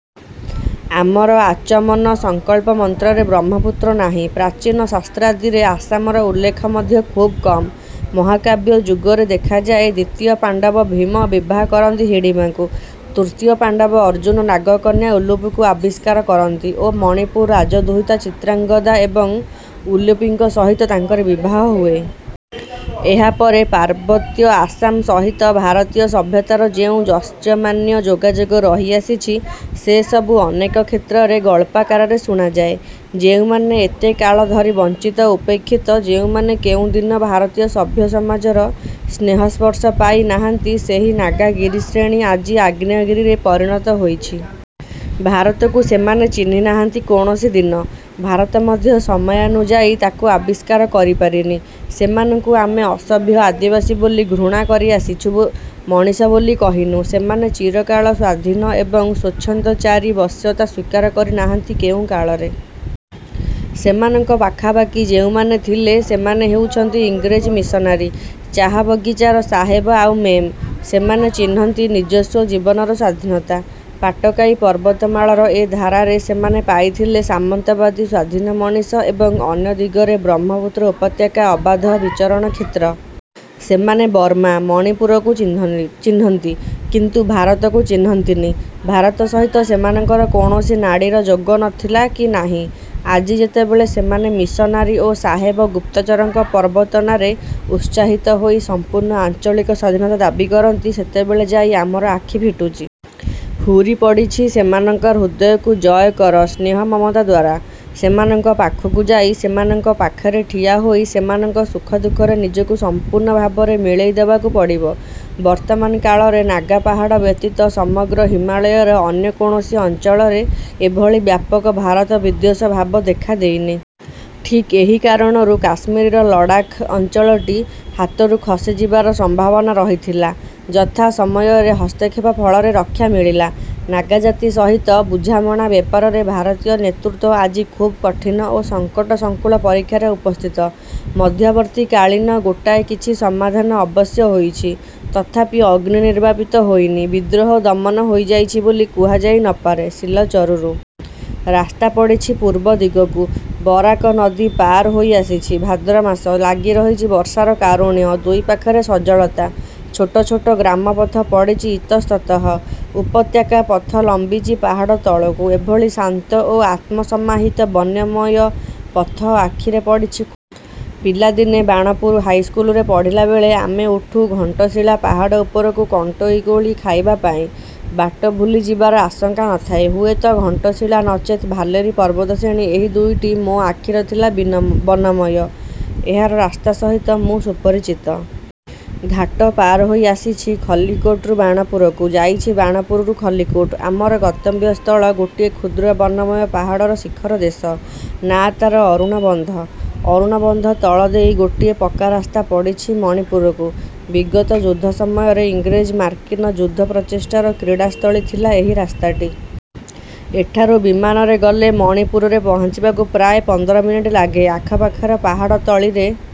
ଆମର ଆଚମନ, ସଙ୍କଳ୍ପ ମନ୍ତ୍ରରେ ବ୍ରହ୍ମପୁତ୍ର ନାହିଁ। ପ୍ରାଚୀନ ଶାସ୍ତ୍ରାଦିରେ ଆସାମର ଉଲ୍ଲେଖ ମଧ୍ୟ ଖୁବ୍ କମ୍। ମହାକାବ୍ୟ ଯୁଗରେ ଦେଖାଯାଏ ଦ୍ୱିତୀୟ ପାଣ୍ଡବ ଭୀମ ବିବାହ କରନ୍ତି ହିଡ଼ିମ୍ବାକୁ। ତୃତୀୟ ପାଣ୍ଡବ ଅର୍ଜୁନ ନାଗକନ୍ୟା ଉଲୁପୀକୁ ଆବିଷ୍କାର କରନ୍ତି ଏବଂ ମଣିପୁର ରାଜଦୁହିତା ଚିତ୍ରାଙ୍ଗଦା ଏବଂ ଉଲୁପୀଙ୍କ ସହିତ ତାଙ୍କରି ବିବାହ ହୁଏ। ଏହାପରେ ପାର୍ବତ୍ୟ ଆସାମ ସହିତ ଭାରତୀୟ ସଭ୍ୟତାର ଯେଉଁ ଯତ୍ସାମାନ୍ୟ ଯୋଗାଯୋଗ ରହିଆସିଛି, ସେସବୁ ଅନେକ କ୍ଷେତ୍ରରେ ଗଳ୍ପାକାରରେ ଶୁଣାଯାଏ। ଯେଉଁମାନେ ଏତେକାଳ ଧରି ବଞ୍ଚିତ ଉପେକ୍ଷିତ, ଯେଉଁମାନେ କେଉଁଦିନ ଭାରତୀୟ ସଭ୍ୟ ସମାଜର ସ୍ନେହସ୍ପର୍ଶ ପାଇ ନାହାନ୍ତି, ସେହି ନାଗା ଗିରିଶ୍ରେଣୀ ଆଜି ଆଗ୍ନେୟଗିରିରେ ପରିଣତ ହୋଇଛି। ଭାରତକୁ ସେମାନେ ଚିହ୍ନି ନାହାନ୍ତି କୌଣସି ଦିନ। ଭାରତ ମଧ୍ୟ ସମୟାନୁଯାୟୀ ତାକୁ ଆବିଷ୍କାର କରିପାରିନି। ସେମାନଙ୍କୁ ଆମେ ଅସଭ୍ୟ ଆଦିବାସୀ ବୋଲି ଘୃଣା କରିଆସିଚୁ ମଣିଷ ବୋଲି କହିନୁ। ସେମାନେ ଚିରକାଳ ସ୍ୱାଧୀନ ଏବଂ ସ୍ୱଚ୍ଛନ୍ଦଚାରୀ, ବଶ୍ୟତା ସ୍ୱୀକାର କରି ନାହାନ୍ତି କେଉଁ କାଳରେ। ସେମାନଙ୍କ ପାଖାପାଖି ଯେଉଁମାନେ ଥିଲେ, ସେମାନେ ହେଉଚନ୍ତି ଇଂରେଜ ମିଶନାରୀ, ଚାହା ବଗିଚାର ସାହେବ ଆଉ ମେମ୍। ସେମାନେ ଚିହ୍ନନ୍ତି ନିଜସ୍ୱ ଜୀବନର ସ୍ୱାଧୀନତା। ପାଟକାଇ ପର୍ବତମାଳାର ଏ ଧାରରେ ସେମାନେ ପାଇଥିଲେ ସାମନ୍ତବାଦୀ ସ୍ୱାଧୀନ ମଣିଷ ଏବଂ ଅନ୍ୟ ଦିଗରେ ବ୍ରହ୍ମପୁତ୍ର ଉପତ୍ୟକା ଅବାଧ ବିଚରଣ କ୍ଷେତ୍ର। ସେମାନେ ବର୍ମା, ମଣିପୁରକୁ ଚିହ୍ନ ଚିହ୍ନନ୍ତି, କିନ୍ତୁ ଭାରତକୁ ଚିହ୍ନନ୍ତିନି। ଭାରତ ସହିତ ସେମାନଙ୍କର କୌଣସି ନାଡ଼ୀର ଯୋଗ ନ ଥିଲା କି ନାହିଁ। ଆଜି ଯେତେବେଳେ ସେମାନେ ମିଶନାରୀ ଓ ସାହେବ ଗୁପ୍ତଚରଙ୍କ ପ୍ରବର୍ତ୍ତନାରେ ଉତ୍ସାହିତ ହୋଇ ସମ୍ପୂର୍ଣ୍ଣ ଆଞ୍ଚଳିକ ସ୍ୱାଧୀନତା ଦାବି କରନ୍ତି, ସେତେବେଳେ ଯାଇ ଆମର ଆଖି ଫିଟୁଛି। ହୁରି ପଡ଼ିଛି ସେମାନଙ୍କ ହୃଦୟକୁ ଜୟ କର ସ୍ନେହ ମମତାଦ୍ୱାରା। ସେମାନଙ୍କ ପାଖକୁ ଯାଇ, ସେମାନଙ୍କ ପାଖରେ ଠିଆ ହୋଇ ସେମାନଙ୍କ ସୁଖ ଦୁଃଖରେ ନିଜକୁ ସମ୍ପୂର୍ଣ୍ଣ ଭାବରେ ମିଳେଇଦେବାକୁ ପଡ଼ିବ। ବର୍ତ୍ତମାନ କାଳରେ ନାଗାପାହାଡ଼ ବ୍ୟତୀତ ସମଗ୍ର ହିମାଳୟର ଅନ୍ୟ କୌଣସି ଅଞ୍ଚଳରେ ଏଭଳି ବ୍ୟାପକ ଭାରତ-ବିଦ୍ୱେଷ ଭାବ ଦେଖାଦେଇନି। ଠିକ୍ ଏହି କାରଣରୁ କାଶ୍ମୀରର ଲଡ଼ାଖ ଅଞ୍ଚଳଟି ହାତରୁ ଖସିଯିବାର ସମ୍ଭାବନା ରହିଥିଲା ଯଥା ସମୟରେ ହସ୍ତକ୍ଷେପ ଫଳରେ ରକ୍ଷା ମିଳିଲା। ନାଗା ଜାତି ସହିତ ବୁଝାମଣା ବ୍ୟାପାରରେ ଭାରତୀୟ ନେତୃତ୍ୱ ଆଜି ଖୁବ୍ କଠିନ ଓ ସଙ୍କଟ ସଙ୍କୁଳ ପରୀକ୍ଷାରେ ଉପସ୍ଥିତ। ମଧ୍ୟବର୍ତ୍ତୀକାଳୀନ ଗୋଟାଏ କିଛି ସମାଧାନ ଅବଶ୍ୟ ହୋଇଛି; ତଥାପି ଅଗ୍ନି ନିର୍ବାପିତ ହୋଇନି, ବିଦ୍ରୋହ ଦମନ ହୋଇଯାଇଛି ବୋଲି କୁହାଯାଇ ନ ପାରେ। ସିଲଚରରୁ ରାସ୍ତା ପଡ଼ିଚି ପୂର୍ବ ଦିଗକୁ। ବରାକ ନଦୀ ପାର ହୋଇଆସିଛି। ଭାଦ୍ର ମାସ। ଲାଗିରହିଛି ବର୍ଷାର କାରୁଣ୍ୟ, ଦୁଇ ପାଖରେ ସଜଳତା। ଛୋଟ ଛୋଟ ଗ୍ରାମପଥ ପଡ଼ିଛି ଇତସ୍ତତଃ। ଉପତ୍ୟକାପଥ ଲମ୍ବିଚି ପାହାଡ଼ ତଳକୁ। ଏଭଳି ଶାନ୍ତ ଏବଂ ଆତ୍ମସମାହିତ ବନମୟ ପଥ ଆଖିରେ ପଡ଼ିଛି ପିଲାଦିନେ ବାଣପୁର ହାଇସ୍କୁଲରେ ପଢ଼ିଲାବେଳେ ଆମେ ଉଠୁ ଘଣ୍ଟଶିଳା ପାହାଡ଼ ଉପରକୁ କଣ୍ଟେଇକୋଳି ଖାଇବା ପାଇଁ। ବାଟ ଭୁଲିଯିବାର ଆଶଙ୍କା ନ ଥାଏ। ହୁଏତ ଘଣ୍ଟଶିଳା, ନଚେତ୍ ଭାଲେରୀ ପର୍ବତଶ୍ରେଣୀ, ଏହି ଦୁଇଟି ମୋ ଆଖିରେ ଥିଲା ବିନ ବନମୟ। ଏହାର ରାସ୍ତା ସହିତ ମୁ ସୁପରିଚିତ। ଘାଟ ପାର ହୋଇ ଆସିଛି ଖଲ୍ଲିକୋଟରୁ ବାଣପୁରକୁ, ଯାଇଚି ବାଣପୁରକୁ ଖଲ୍ଲିକୋଟ। ଆମର ଗନ୍ତବ୍ୟସ୍ଥଳ ଗୋଟିଏ କ୍ଷୁଦ୍ର ବନମୟ ପାହାଡ଼ର ଶିଖରଦେଶ। ନାଁ ତାର ଅରୁଣବନ୍ଧ। ଅରୁଣବନ୍ଧ ତଳ ଦେଇ ଗୋଟିଏ ପକ୍କା ରାସ୍ତା ପଡ଼ିଛି ମଣିପୁରକୁ। ବିଗତ ଯୁଦ୍ଧ ସମୟରେ ଇଂରେଜ ମାର୍କିନ ଯୁଦ୍ଧପ୍ରଚେଷ୍ଟାର କ୍ରୀଡ଼ାସ୍ଥଳୀ ଥିଲା ଏହି ରାସ୍ତାଟି। ଏଠାରୁ ବିମାନରେ ଗଲେ ମଣିପୁରରେ ପହଞ୍ଚିବାକୁ ମାତ୍ର ପନ୍ଦର ମିନିଟ ଲାଗେ। ଆଖପାଖରେ ପାହାଡ଼ତଳିରେ--